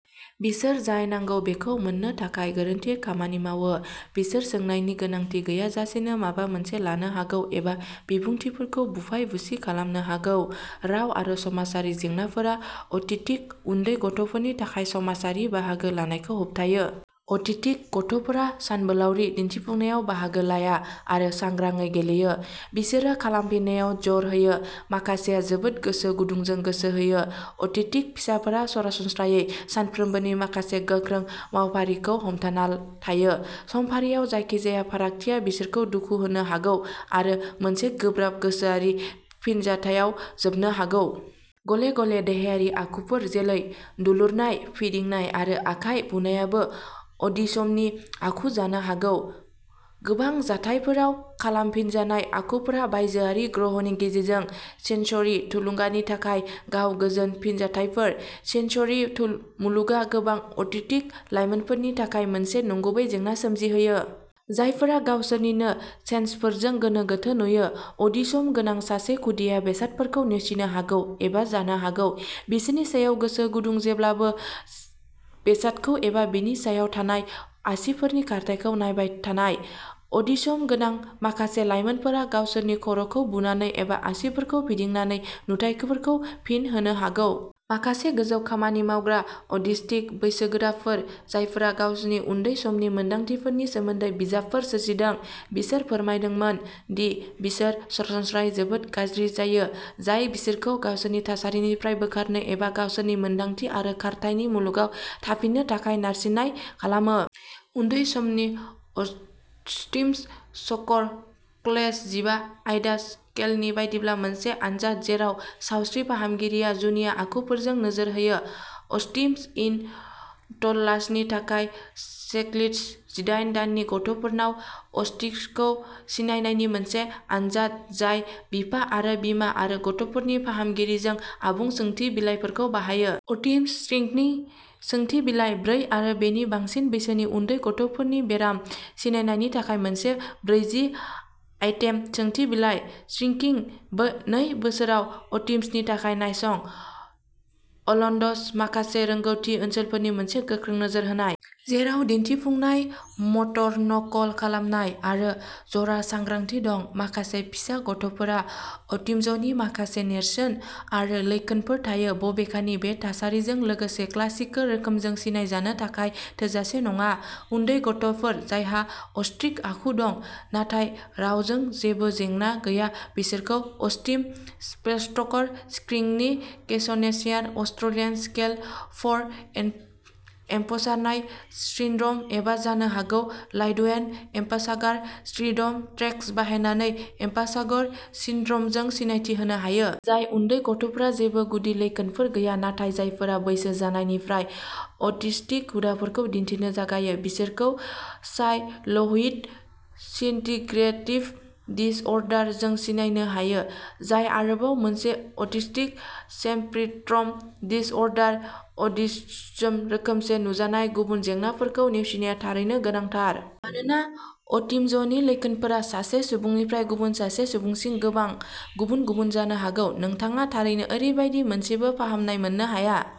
बिसोर जाय नांगौ बेखौ मोननो थाखाय गोरोन्थियै खामानि मावो। बिसोर सोंनायनि गोनांथि गैयालासेनो माबा मोनसे लानो हागौ एबा बिबुंथिफोरखौ बुफाय बुसि खालामनो हागौ। राव आरो समाजारि जेंनाफोरा अटिस्टिक उन्दै गथ'फोरनि थाखाय समाजारि बाहागो लानायखौ होबथायो। अटिस्टिक गथ'फोरा सानबोलावरि दिन्थिफुंनायाव बाहागो लाया आरो सांग्राङै गेलेयो। बिसोरो खालामफिननायाव जर होयो। माखासेया जोबोद गोसो गुदुंजों गोसो होयो। अटिस्टिक फिसाफोरा सरासनस्रायै सानफ्रोमबोनि माखासे गोख्रों मावफारिखौ हमथाना थायो। समफारियाव जायखिजाया फारागथिया बिसोरखौ दुखु होनो हागौ आरो मोनसे गोब्राब गोसोआरि फिनजाथायाव जोबनो हागौ। गले-गले देहायारि आखुफोर जेरै दुलुरनाय, फिदिंनाय, आरो आखाइ बुनायाबो अटिसमनि आखु जानो हागौ। गोबां जाथायफोराव खालामफिनजानाय आखुफोरा बायजोआरि ग्रहनि गेजेरजों सेन्सरि थुलुंगानि थाखाय गाव गोजोन फिनजाथायफोर। सेन्सरि मुलुगआ गोबां अटिस्टिक लाइमोनफोरनि थाखाय मोनसे नंगुबै जेंना सोमजिहोयो। जायफोरा गावसोरनिनो सेन्सफोरजों गोनो-गोथो नुयो। अटिसम गोनां सासे खुदियाया बेसादफोरखौ नेवसिनो हागौ एबा जानो हागौ। बिसोरनि सायाव गोसो गुदुं जेब्लाबो बेसादखौ एबा बिनि सायाव थानाय आसिफोरनि खारथायखौ नायबाय थानाय। अटिस्म गोनां माखासे लाइमोनफोरा गावसोरनि खर'खौ बुनानै एबा आसिफोरखौ फिदिंनानै नुथाइफोरखौ फिन होनो हागौ। माखासे गोजौ खामानि मावग्रा अटिस्टिक बैसोगोराफोर जायफोरा गावसोरनि उन्दै समनि मोनदांथिफोरनि सोमोन्दै बिजाबफोर सोरजिदों। बिसोर फोरमायदोंमोन दि बिसोर सरासनस्रायै जोबोद गाज्रि जायो। जाय बिसोरखौ गावसोरनि थासारिनिफ्राय बोखारनो एबा गावसोरनि मोन्दांथि आरो खारथायनि मुलुगाव थांफिननो थाखाय नारसिननाय खालामो। उन्दै समनि अटिस्म स्कर स्केल जिबा आयदा स्केलनि बायदिब्ला मोनसे आनजाद जेराव सावस्रि फाहामगिरिया जुनिया आखुफोरजों नोजोर होयो। अटिस्म इन टडलार्सनि थाखाय चेकलिस्ट जिदाइन दाननि गथ'फोरनाव अटिस्मखौ सिनायनायनि मोनसे आनजाद जाय बिफा आरो बिमा आरो गथ'नि फाहामगिरिजों आबुं सोंथि बिलाइफोरखौ बाहायो। अटिज्म स्क्रिनिं सोंथि बिलाइ ब्रै आरो बेनि बांसिन बैसोनि उन्दै गथ'फोरनि बेराम सिनायनायनि थाखाय मोनसे ब्रैजि आइटेम सोंथि बिलाइ। स्क्रिनिं नै बोसोराव अटिज्मनि थाखाय नायसं। अल्ड्स माखासे रोंग'थि ओनसोलफोरनि मोनसे गोख्रै नोजोर होनाय। जेराव दिन्थिफुंनाय, मटर नकल खालामनाय, आरो जरा सांग्रांथि दं। माखासे फिसा गथ'फोरहा अटिज्मनि माखासे नेरसोन आरो लैखोनफोर थायो। बबेखानि बे थासारिजों लोगोसे क्लासिकेल रोखोमजों सिनायजानो थाखाय थोजासे नङा। उन्दै गथ'फोर जायहा अटिस्टिक आखु दं नाथाय रावजों जेबो जेंना गैया बिसोरखौ autism spectrum screening questionnaire, Australian scale for Asperger syndrome एबा जानो हागौ चाइल्डहुड एस्पारजार सिनड्रम टेस्ट बाहायनानै एस्पारगार सिनड्रमजों सिनायथि होनो हायो। जाय उन्दै गथ'फोरहा जेबो गुदि लैखोनफोर गैया नाथाय जायफोरा बैसो जानायनिफ्राय अटिस्टिक हुदाफोरखौ दिन्थिनो जागायो बिसोरखौ चाइल्डहुड डिसइन्टिग्रेटिभ डिसअर्डार जों सिनायथिनो हायो। जाय आरोबाव मोनसे अटिस्टिक स्पेक्ट्रम डिसअर्डार। अटिज्मजों रोखोमसे नुजानाय गुबुन जेंनाफोरखौ नेवसिनाया थारैनो गोनांथार। मानोना अटिज्मनि लैखोनफोरा सासे सुबुंनिफ्राय गुबुन सासे सुबुंसिम गोबां गुबुन-गुबुन जानो हागौ। नोंथाङा थारैनो ओरैबायदि मोनसेबो फाहामनाय मोननो हाया।